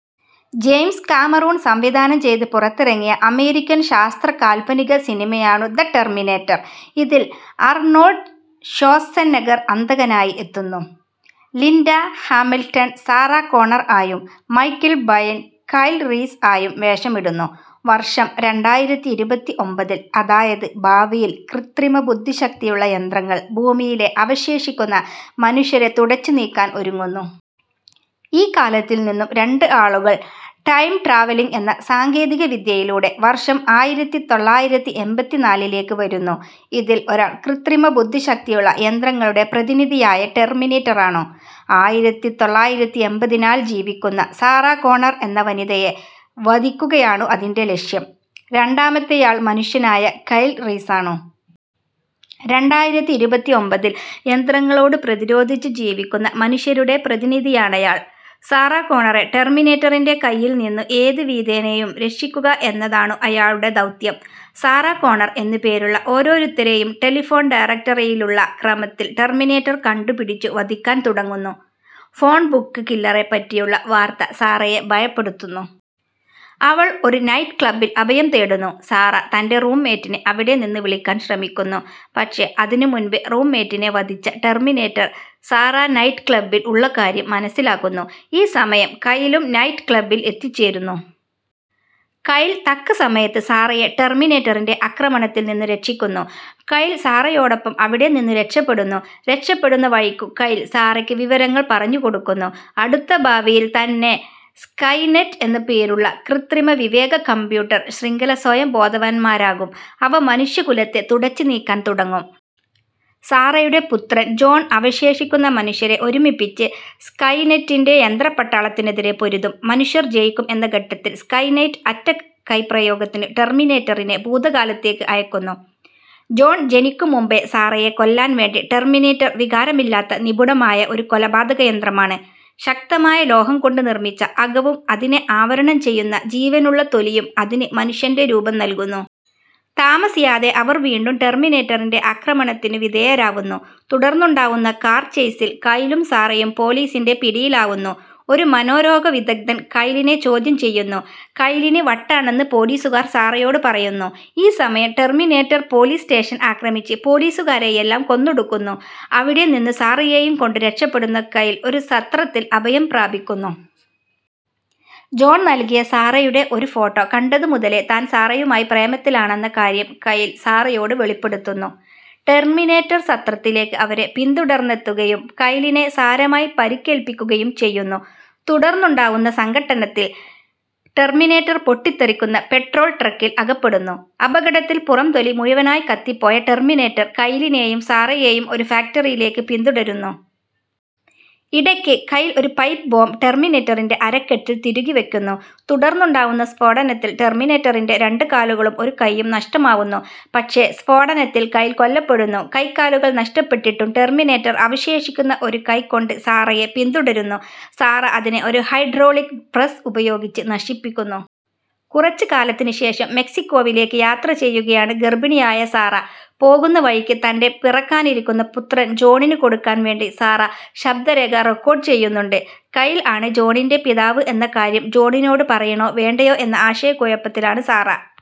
James Cameron സംവിധാനം ചെയ്ത് പുറത്തിറങ്ങിയ അമേരിക്കൻ ശാസ്ത്ര കാല്പനിക സിനിമയാണു ദ ടെർമിനേറ്റർ. ഇതിൽ അർണോൾഡ് ഷ്വാസ്സെനെഗ്ഗർ അന്തകനായി എത്തുന്നു. ലിൻഡ ഹാമിൽടൻ സാറാ കോണർ ആയും മൈക്കിൾ ബൈൻ കൈൽ റീസ് ആയും വേഷമിടുന്നു. വർഷം രണ്ടായിരത്തിഇരുപത്തിഒമ്പതിൽ, അതായത് ഭാവിയിൽ ക്രിത്രിമ ബുദ്ധിശക്തിയുള്ള യന്ത്രങ്ങൾ ഭൂമിയിലെ അവശേഷിക്കുന്ന മനുഷ്യരെ തുടച്ചു നീക്കാൻ ഒരുങ്ങുന്നു. ഈ കാലത്തിൽ നിന്നും രണ്ട് ആളുകൾ ടൈം ട്രാവലിങ്ങ് എന്ന സാങ്കേതിക വിദ്യയിലൂടെ വർഷം ആയിരത്തിതൊള്ളായിരത്തിഎമ്പതിനാലിലേക്ക് വരുന്നു. ഇതിൽ ഒരാൾ ക്രിത്രിമ ബുദ്ധിശക്തിയുള്ള യന്ത്രങ്ങളുടെ പ്രതിനിധിയായ ടെർമിനേറ്ററാണു. ആയിരത്തിതൊള്ളായിരത്തിഎമ്പതിനാലിൽ ജീവിക്കുന്ന സാറാ കോണർ എന്ന വനിതയെ വധിക്കുകയാണു അതിന്റെ ലക്ഷ്യം. രണ്ടാമത്തെയാൾ മനുഷ്യനായ കൈൽ റീസാണു. രണ്ടായിരത്തിഇരുപത്തിഒമ്പതിൽ യന്ത്രങ്ങളോട് പ്രതിരോധിച്ചു ജീവിക്കുന്ന മനുഷ്യരുടെ പ്രതിനിധിയാണയാൾ. സാറാ കോണറെ ടെർമിനേറ്ററിന്റെ കയ്യിൽ നിന്നു ഏതു വിധേനയും രക്ഷിക്കുക എന്നതാണു അയാളുടെ ദൗത്യം. സാറാ കോണർ എന്നു പേരുള്ള ഓരോരുത്തരേയും ടെലിഫോൺ ഡയറക്റ്ററിയിലുള്ള ക്രമത്തിൽ ടെർമിനേറ്റർ കണ്ടു പിടിച്ചു വധിക്കാൻ തുടങ്ങുന്നു. ഫോൺ ബുക്ക് കില്ലറെ പറ്റിയുള്ള വാർത്ത സാറയെ ഭയപ്പെടുത്തുന്നു. അവൾ ഒരു നൈറ്റ് ക്ലബ്ബിൽ അഭയം തേടുന്നു. സാറ തന്റെ റൂം മേറ്റിനെ അവിടെ നിന്നു വിളിക്കാൻ ശ്രമിക്കുന്നു. പക്ഷേ അതിനു മുൻപെ റൂം മേറ്റിനെ വധിച്ച ടെർമിനേറ്റർ സാറ നൈറ്റ് ക്ലബ്ബിൽ ഉള്ള കാര്യം മനസ്സിലാക്കുന്നു. ഈ സമയം കൈലും നൈറ്റ് ക്ലബ്ബിൽ എത്തിച്ചേരുന്നു. കൈൽ തക്ക സമയത്ത് സാറയെ ടെർമിനേറ്ററിന്റെ ആക്രമണത്തിൽ നിന്ന് രക്ഷിക്കുന്നു. കൈൽ സാറയോടൊപ്പം അവിടെ നിന്നു രക്ഷപ്പെടുന്നു. രക്ഷപ്പെടുന്ന വഴിക്കു കൈൽ സാറയ്ക്ക് വിവരങ്ങൾ പറഞ്ഞ് കൊടുക്കുന്നു. അടുത്ത ഭാവിയിൽ തന്നെ സ്കൈനെറ്റ് എന്ന് പേരുള്ള ക്രിത്രിമ വിവേക കമ്പ്യൂട്ടർ ശ്രിംഖല സ്വയം ബോധവാന്മാരാകും. അവ മനുഷ്യ കുലത്തെ തുടച്ച് നീക്കാൻ തുടങ്ങും. സാറയുടെ പുത്രൻ ജോൺ അവശേഷിക്കുന്ന മനുഷ്യരെ ഒരുമിപ്പിച്ച് സ്കൈനെറ്റിന്റെ യന്ത്രപ്പട്ടാളത്തിനെതിരെ പൊരുതും. മനുഷ്യർ ജയിക്കും എന്ന ഘട്ടത്തിൽ സ്കൈനെറ്റ് അറ്റ കൈപ്രയോഗത്തിനു ടെർമിനേറ്ററിനെ ഭൂതകാലത്തേക്ക് അയക്കുന്നു, ജോൺ ജനിക്കും മുൻപേ സാറയെ കൊല്ലാൻ വേണ്ടി. ടെർമിനേറ്റർ വികാരമില്ലാത്ത നിപുണമായ ഒരു കൊലപാതക യന്ത്രമാണ്. ശക്തമായ ലോഹം കൊണ്ട് നിർമ്മിച്ച അകവും അതിനെ ആവരണം ചെയ്യുന്ന ജീവനുള്ള തൊലിയും അതിന് മനുഷ്യന്റെ രൂപം നൽകുന്നു. താമസിയാതെ അവർ വീണ്ടും ടെർമിനേറ്ററിന്റെ ആക്രമണതിനു വിധേയരാവുന്നു. തുടർന്നുണ്ടാവുന്ന കാർ ചെയ്സിൽ കൈലും സാറയും പോലീസിന്റെ പിടിയിലാവുന്നു. ഒരു മനോരോഗ വിദഗ്ദ്ധൻ കൈലിനെ ചൊദ്യം ചെയ്യുന്നു. കൈലിന് വട്ടാണെന്ന് പോലീസുകാർ സാറയോട് പറയുന്നു. ഈ സമയം ടെർമിനേറ്റർ പോലീസ് സ്റ്റേഷൻ ആക്രമിച്ച് പോലീസുകാരെയെല്ലാം കൊന്നൊടുക്കുന്നു. അവിടെ നിന്നു സാറയെയും കൊണ്ട് രക്ഷപ്പെടുന്ന കൈൽ ഒരു സത്രത്തിൽ അഭയം പ്രാപിക്കുന്നു. ജോൺ നൽകിയ സാറയുടെ ഒരു ഫോട്ടോ കണ്ടതു മുതലേ താൻ സാറയുമായ് പ്രേമത്തിലാണെന്ന കാര്യം കൈൽ സാറയോട് വെളിപ്പെടുത്തുന്നു. ടെർമിനേറ്റർ സത്രത്തിലേക്ക് അവരെ പിന്തുടർന്നെത്തുകയും കൈലിനെ സാരമായ് പരിക്കേൽപ്പിക്കുകയും ചെയ്യുന്നു. തുടർന്നുണ്ടാവുന്ന സംഘട്ടനത്തിൽ ടെർമിനേറ്റർ പൊട്ടിത്തെറിക്കുന്ന പെട്രോൾ ട്രക്കിൽ അകപ്പെടുന്നു. അപകടത്തിൽ പുറം തൊലി മുഴുവനായ് കത്തിപ്പോയ ടെർമിനേറ്റർ കൈലിനേയും സാറയേയും ഒരു ഫാക്ടറിയിലേക്ക് പിന്തുടരുന്നു. ഇടയ്ക്ക് കൈൽ ഒരു പൈപ്പ് ബോംബ് ടെർമിനേറ്ററിന്റെ അരക്കെട്ടിൽ തിരുകിവയ്ക്കുന്നു. തുടർന്നുണ്ടാവുന്ന സ്ഫോടനത്തിൽ ടെർമിനേറ്ററിന്റെ രണ്ട് കാലുകളും ഒരു കൈയ്യും നഷ്ടമാവുന്നു. പക്ഷേ സ്ഫോടനത്തിൽ കൈൽ കൊല്ലപ്പെടുന്നു. കൈകാലുകൾ നഷ്ടപ്പെട്ടിട്ടും ടെർമിനേറ്റർ അവശേഷിക്കുന്ന ഒരു കൈ കൊണ്ട് സാറയെ പിന്തുടരുന്നു. സാറ അതിനെ ഒരു ഹൈഡ്രോളിക് പ്രസ്സ് ഉപയോഗിച്ച് നശിപ്പിക്കുന്നു. കുറച്ച് കാലത്തിന് ശേഷം മെക്സിക്കോവിലേക്ക് യാത്ര ചെയ്യുകയാണ് ഗർഭിണിയായ സാറ. പോകുന്ന വഴിക്ക് തന്റെ പിറക്കാനിരിക്കുന്ന പുത്രൻ ജോണിന് കൊടുക്കാൻ വേണ്ടി സാറ ശബ്ദരേഖ റെക്കോഡ് ചെയ്യുന്നുണ്ട്. കൈൽ ആണ് ജോണിന്റെ പിതാവ് എന്ന കാര്യം ജോണിനോട് പറയണോ വേണ്ടയോ എന്ന ആശയക്കുഴപ്പത്തിലാണ് സാറ.